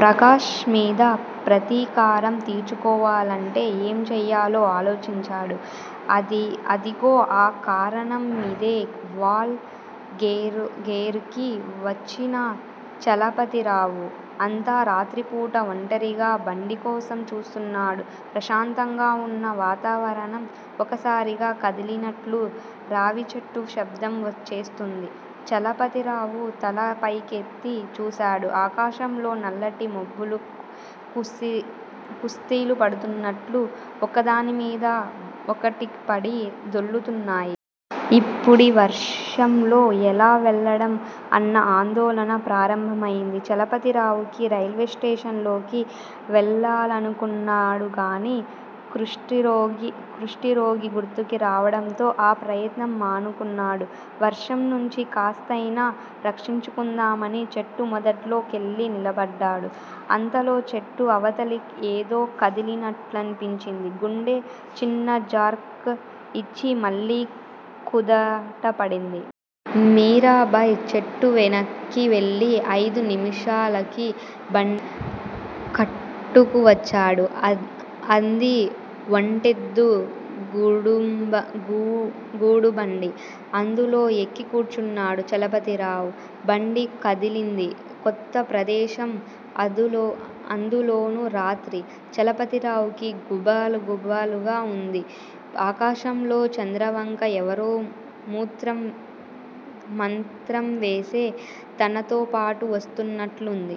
ప్రకాష్ మీద ప్రతీకారం తీర్చుకోవాలంటే ఏం చేయాలో ఆలోచించాడు. అదిగో ఆ కరణంమీదే వాల్ ఘెరాకి వచ్చిన చలపతిరావు అంత రాత్రిపూట ఒంటరిగా బండికోసం చూస్తున్నాడు. ప్రశాంతంగా వున్న వాతావరణం ఒక్కసారిగా కదిలినట్టు రావిచెట్టు శబ్దం వాచేస్తోంది. చలపతిరావు తల పైకెత్తి చూశాడు. ఆకాశంలో నల్లటి మబ్బులు కుస్తీలు పడుతున్నట్టు ఒకదానిమీద ఒకటిపడి దొర్లుతున్నాయి. ఇప్పుడీ వర్షంలో ఎలా వెళ్లడం అన్న ఆందోళన ప్రారంభమైంది చలపతిరావుకి. రైల్వేస్టేషన్ లోకి వెళ్ళాలనుకున్నాడుగానీ కుష్టురోగి గుర్తుకు రావడంతో ఆ ప్రయత్నం మానుకున్నాడు. వర్షం నుంచి కాస్తయినా రక్షించుకుందామని చెట్టు మొదట్లో కెళ్ళి నిలబడ్డాడు. అంతలో చెట్టు అవతల ఏదో కదిలినట్టనిపించి, గుండె చిన్న జర్క్ ఇచ్చి మళ్ళీ కుదుటపడింది. మీరాభాయ్ చెట్టు వెనక్కి వెళ్ళి ఐదు నిమిషాలకి బండి కట్టుకు వచ్చాడు. అంది ఒంటెద్దు గూడుబండి. అందులో ఎక్కి కూర్చున్నాడు చలపతిరావు. బండి కదిలింది. కొత్త ప్రదేశం- అందులోనూ రాత్రి- చలపతిరావుకి గుబులు- గుబులుగా వుంది. ఆకాశంలోని చంద్రవంక ఎవరో మంత్రంవేస్తే తనతోపాటు వస్తున్నట్లు వుంది.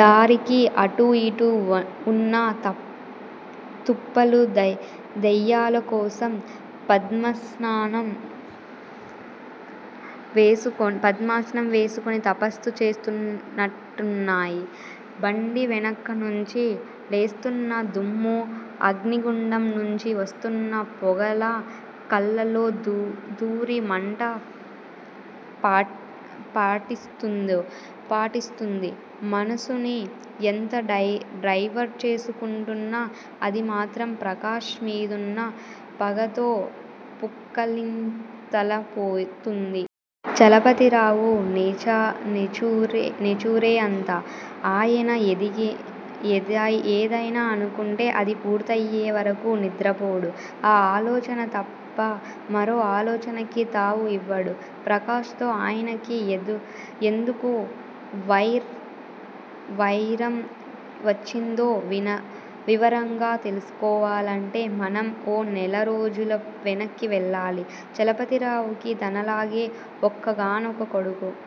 దారికి అటూ ఇటూ వున్న తుప్పలు దెయ్యాల కోసం పద్మాసనం వేసుకొని తపస్సు చేస్తున్నట్టున్నాయి. బండి వెనుక నుంచి లేస్తున్న దుమ్ము అగ్నిగుండం నుంచి వస్తున్న పొగలా కళ్ళల్లో దూరి మంట పుట్టిస్తోంది. మనసుని ఎంత డైవర్ట్ చేసుకుంటున్నా అది మాత్రం ప్రకాష్ మీదున్న పగతో పుక్కళింతలవుతోంది. చలపతిరావు నేచురే అంత. ఆయన ఏదయినా అనుకుంటే అది పూర్తయ్యేవరకు నిద్రపోడు. ఆ ఆలోచన తప్ప మరో ఆలోచనకు తావు ఇవ్వడు. ప్రకాష్ తో ఆయనకి ఎందుకు వైరం వచ్చిందో వివరంగా తెలుసుకోవాలంటే మనం ఓ నెలరోజులు వెనక్కి వెళ్ళాలి. చలపతిరావుకి తనలాగే ఒక్కగానొక్క కొడుకు.